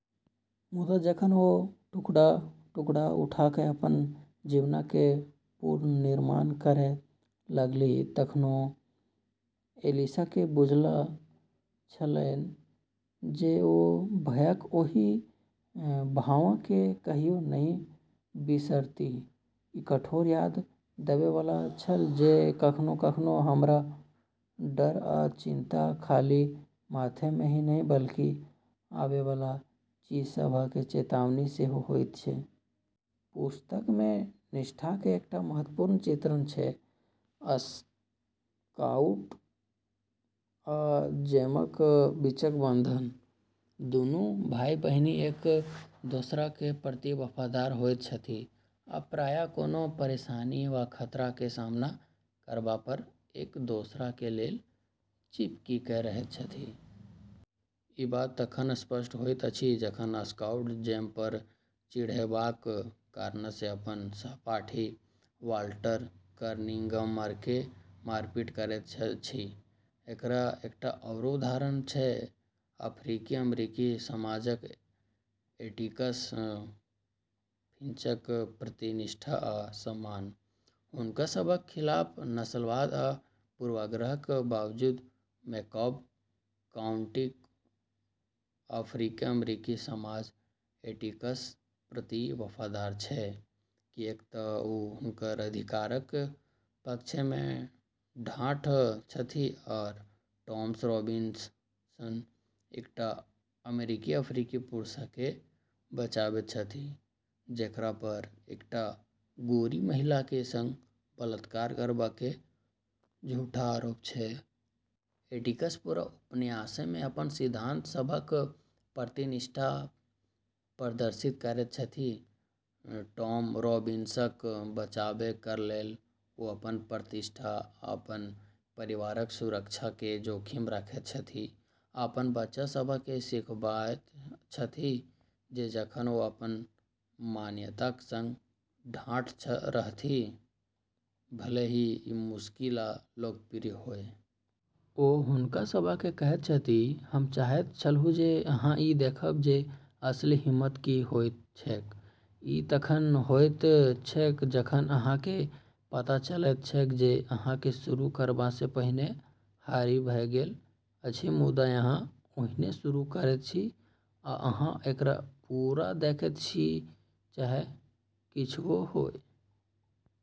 मुदा जखन ओ टुकड़ा-टुकड़ा उठा कऽ अपन जीवनक पुनर्निर्माण करै लगलीह तखनो ऐलिसकेँ बुझल छलैन जे ओ भयक ओहि भावकेँ कहियो नहि बिसरतीह। ई कठोर याद देबै वाला छल जे कखनो-कखनो, हमर डर आ चिंता खाली माथामे ही नहि, बल्कि आवै वाला चीज सभक चेतावनी सेहो होइत छै। पुस्तकमे निष्ठाक एकटा महत्वपूर्ण चित्रण छै स्काउट आ जेमक बीचक बंधन। दूनू भाइ-बहिन एक दोसराक प्रति वफादार होइत छथि, आ प्रायः कोनो परेशानी वा खतराक सामना करबापर एक दोसराक लेल चिपकि कऽ रहैत छथि। ई बात तखन स्पष्ट होइत अछि जखन स्काउट जेमपर चिढ़ैबाक कारणसँ अपन सहपाठी वाल्टर कनिंघमकेँ मारि-पीट करैत अछि। एकर एकटा आओर उदाहरण छै अफ्रीकी-अमेरिकी समाजक एटिकस फिंचक प्रति निष्ठा आ सम्मान। हुनका सभक खिलाफ नस्लवाद आ पूर्वाग्रहक बावजूद मेकॉम्ब काउंटीक अफ्रीकी-अमेरिकी समाज एटिकसक प्रति वफादार छै, किऐक तऽ ओ हुनकर अधिकारक पक्षमे ठाढ़ छथि आ टॉम रॉबिन्सन, एकटा अफ्रीकी-अमेरिकी पुरुषकेँ बचाबैत छथि, जेकरापर एकटा गोरी महिलाक संग बलात्कार करबाक झूठा आरोप छै। एटिकस पूरा उपन्यासमे अपन सिद्धांत सभक प्रति निष्ठा प्रदर्शित करैत छथि। टॉम रॉबिन्सनक बचाव करैलेल ओ अपन प्रतिष्ठा, आ अपन परिवारक सुरक्षाकेँ जोखिममे रखैत छथि, आ अपन बच्चा सभकेँ सिखाबैत छथि जे जखन ओ अपन मान्यताक संग ठाढ़ रहथि, भले ही ई मुश्किल या अलोकप्रिय होइ। ओ हुनका सभकेँ कहैत छथि, "हम चाहैत छलहुँ जे अहाँ ई देखब जे असली हिम्मत की होइत छैक। ई तखन होइत छैक जखन अहाँकेँ पता चलैत छैक जे अहाँकेँ शुरू करबासँ पहिने हारि भऽ गेल अछि मुदा अहाँ ओहिना शुरू करैत छी आ अहाँ एकरा पूरा देखैत छी चाहे किछुओ होइ।"